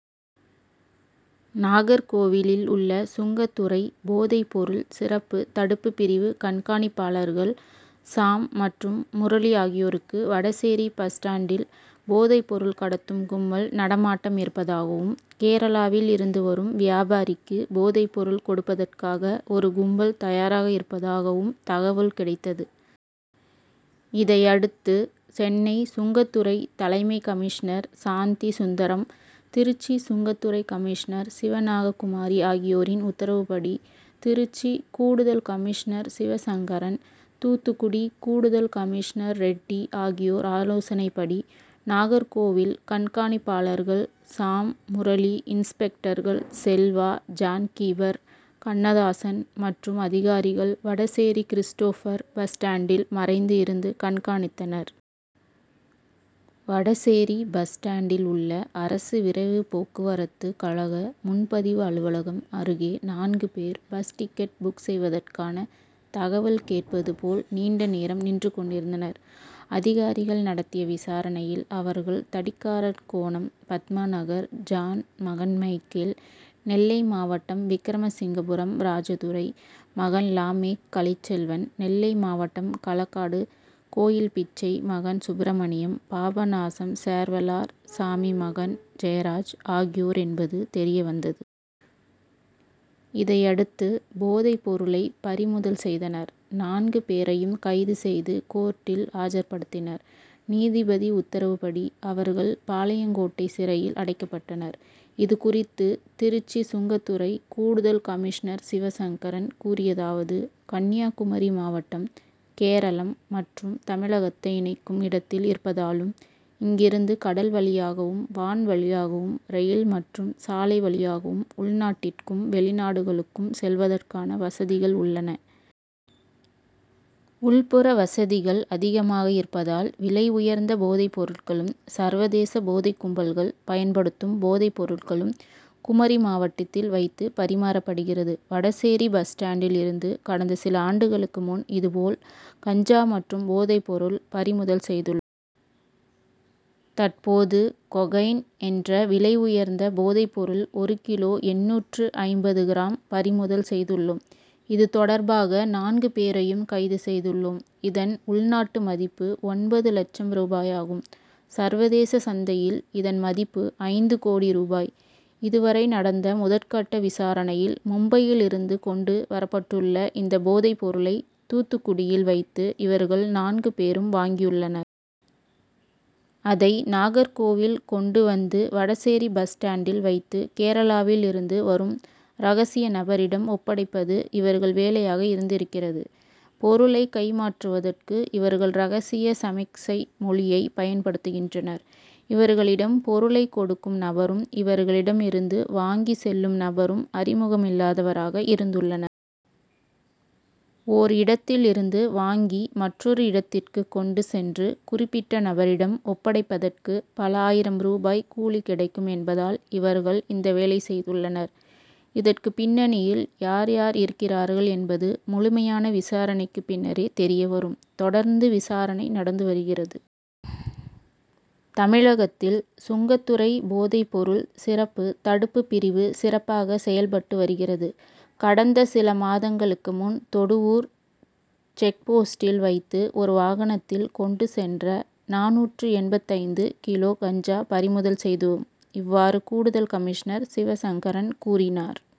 நாகர்கோவிலில் உள்ள சுங்கத்துறை போதை பொருள் சிறப்பு தடுப்பு பிரிவு கண்காணிப்பாளர்கள் சாம் மற்றும் முரளி ஆகியோருக்கு வடசேரி பஸ்டாண்டில் போதை பொருள் கடத்தும் கும்பல் நடமாட்டம் இருப்பதாகவும், கேரளாவில் இருந்து வரும் வியாபாரிக்கு போதை பொருள் கொடுப்பதற்காக ஒரு கும்பல் தயாராக இருப்பதாகவும் தகவல் கிடைத்தது. இதையடுத்து சென்னை சுங்கத்துறை தலைமை கமிஷனர் சாந்தி சுந்தரம், திருச்சி சுங்கத்துறை கமிஷனர் சிவநாககுமாரி ஆகியோரின் உத்தரவுபடி, திருச்சி கூடுதல் கமிஷனர் சிவசங்கரன், தூத்துக்குடி கூடுதல் கமிஷனர் ரெட்டி ஆகியோர் ஆலோசனைபடி நாகர்கோவில் கண்காணிப்பாளர்கள் சாம், முரளி, இன்ஸ்பெக்டர்கள் செல்வா, ஜாண்கீபர், கண்ணதாசன் மற்றும் அதிகாரிகள் வடசேரி கிறிஸ்டோபர் பஸ் ஸ்டாண்டில் மறைந்து இருந்து கண்காணித்தனர். வடசேரி பஸ் ஸ்டாண்டில் உள்ள அரசு விரைவு போக்குவரத்து கழக முன்பதிவு அலுவலகம் அருகே நான்கு பேர் பஸ் டிக்கெட் புக் செய்வதற்கான தகவல் கேட்பது போல் நீண்ட நேரம் நின்றுக்கொண்டிருந்தனர். அதிகாரிகள் நடத்திய விசாரணையில் அவர்கள், தடிக்காரன்கோணம் பத்மாநகர் ஜாண் மகன் மைக்கேல், நெல்லை மாவட்டம் விக்கிரமசிங்கபுரம் ராஜதுரை மகன் லாமேக் கலைச்செல்வன், நெல்லை மாவட்டம் களக்காடு கோயில்பிச்சை மகன் சுப்பிரமணியம், பாபநாசம் சேர்வலார் சாமி மகன் ஜெயராஜ் ஆகியோர் என்பது தெரியவந்தது. இதையடுத்து போதை பொருளை பறிமுதல் செய்தனர். நான்கு பேரையும் கைது செய்து கோர்டில் ஆஜர்படுத்தினர். நீதிபதி உத்தரவுபடி அவர்கள் பாளையங்கோட்டை சிறையில் அடைக்கப்பட்டனர். இதுகுறித்து திருச்சி சுங்கத்துறை கூடுதல் கமிஷனர் சிவசங்கரன் கூறியதாவது கன்னியாகுமரி மாவட்டம் கேரளம் மற்றும் தமிழகத்தை இணைக்கும் இடத்தில் இருப்பதாலும், இங்கிருந்து கடல் வழியாகவும், வான் வழியாகவும், ரயில் மற்றும் சாலை வழியாகவும் உள்நாட்டிற்கும், வெளிநாடுகளுக்கும் செல்வதற்கான வசதிகள் உள்ளன. உள்புற வசதிகள் அதிகமாக இருப்பதால் விலை உயர்ந்த போதை பொருட்களும், சர்வதேச போதை கும்பல்கள் பயன்படுத்தும் போதை பொருட்களும் குமரி மாவட்டத்தில் வைத்து பறிமாறப்படுகிறது. வடசேரி பஸ் ஸ்டாண்டில் இருந்து கடந்த சில ஆண்டுகளுக்கு முன் இதுபோல் கஞ்சா மற்றும் போதை பொருள் பறிமுதல் செய்துள். தற்போது கொகைன் என்ற விலை உயர்ந்த போதை பொருள் ஒரு கிலோ எண்ணூற்று ஐம்பது கிராம் பறிமுதல் செய்துள்ளோம். இதுதொடர்பாக நான்கு பேரையும் கைது செய்துள்ளோம். இதன் உள்நாட்டு மதிப்பு ஒன்பது லட்சம் ரூபாயாகும். சர்வதேச சந்தையில் இதன்மதிப்பு ஐந்து கோடி ரூபாய். இதுவரை நடந்த முதற்கட்ட விசாரணையில், மும்பையில் இருந்து கொண்டு வரப்பட்டுள்ள இந்த போதை பொருளை தூத்துக்குடியில் வைத்து இவர்கள் நான்கு பேரும் வாங்கியுள்ளனர். அதை நாகர்கோவில் கொண்டு வந்து வடசேரி பஸ் ஸ்டாண்டில் வைத்து கேரளாவில் இருந்து வரும் ரகசிய நபரிடம் ஒப்படைப்பது இவர்கள் வேலையாக இருந்திருக்கிறது. பொருளை கைமாற்றுவதற்கு இவர்கள் ரகசிய சமிக்ஞை மொழியை பயன்படுத்துகின்றனர். இவர்களிடம் பொருளை கொடுக்கும் நபரும், இவர்களிடம் இருந்து வாங்கி செல்லும் நபரும் அறிமுகமில்லாதவராக இருந்துள்ளனர். ஓர் இடத்தில் இருந்து வாங்கி மற்றொரு இடத்திற்கு கொண்டு சென்று குறிப்பிட்ட நபரிடம் ஒப்படைப்பதற்கு பல ஆயிரம் ரூபாய் கூலி கிடைக்கும் என்பதால் இவர்கள் இந்த வேலை செய்துள்ளனர். இதற்கு பின்னணியில் யார் யார் இருக்கிறார்கள் என்பது முழுமையான விசாரணைக்கு பின்னரே தெரியவரும். தொடர்ந்து விசாரணை நடந்து வருகிறது. தமிழகத்தில் சுங்கத்துறை போதை பொருள் சிறப்பு தடுப்பு பிரிவு சிறப்பாக செயல்பட்டு வருகிறது. கடந்த சில மாதங்களுக்கு முன் தொடுவூர் செக்போஸ்டில் வைத்து ஒரு வாகனத்தில் கொண்டு சென்ற நானூற்று எண்பத்தைந்து கிலோ கஞ்சா பறிமுதல் செய்தோம். இவ்வாறு கூடுதல் கமிஷனர் சிவசங்கரன் கூறினார்.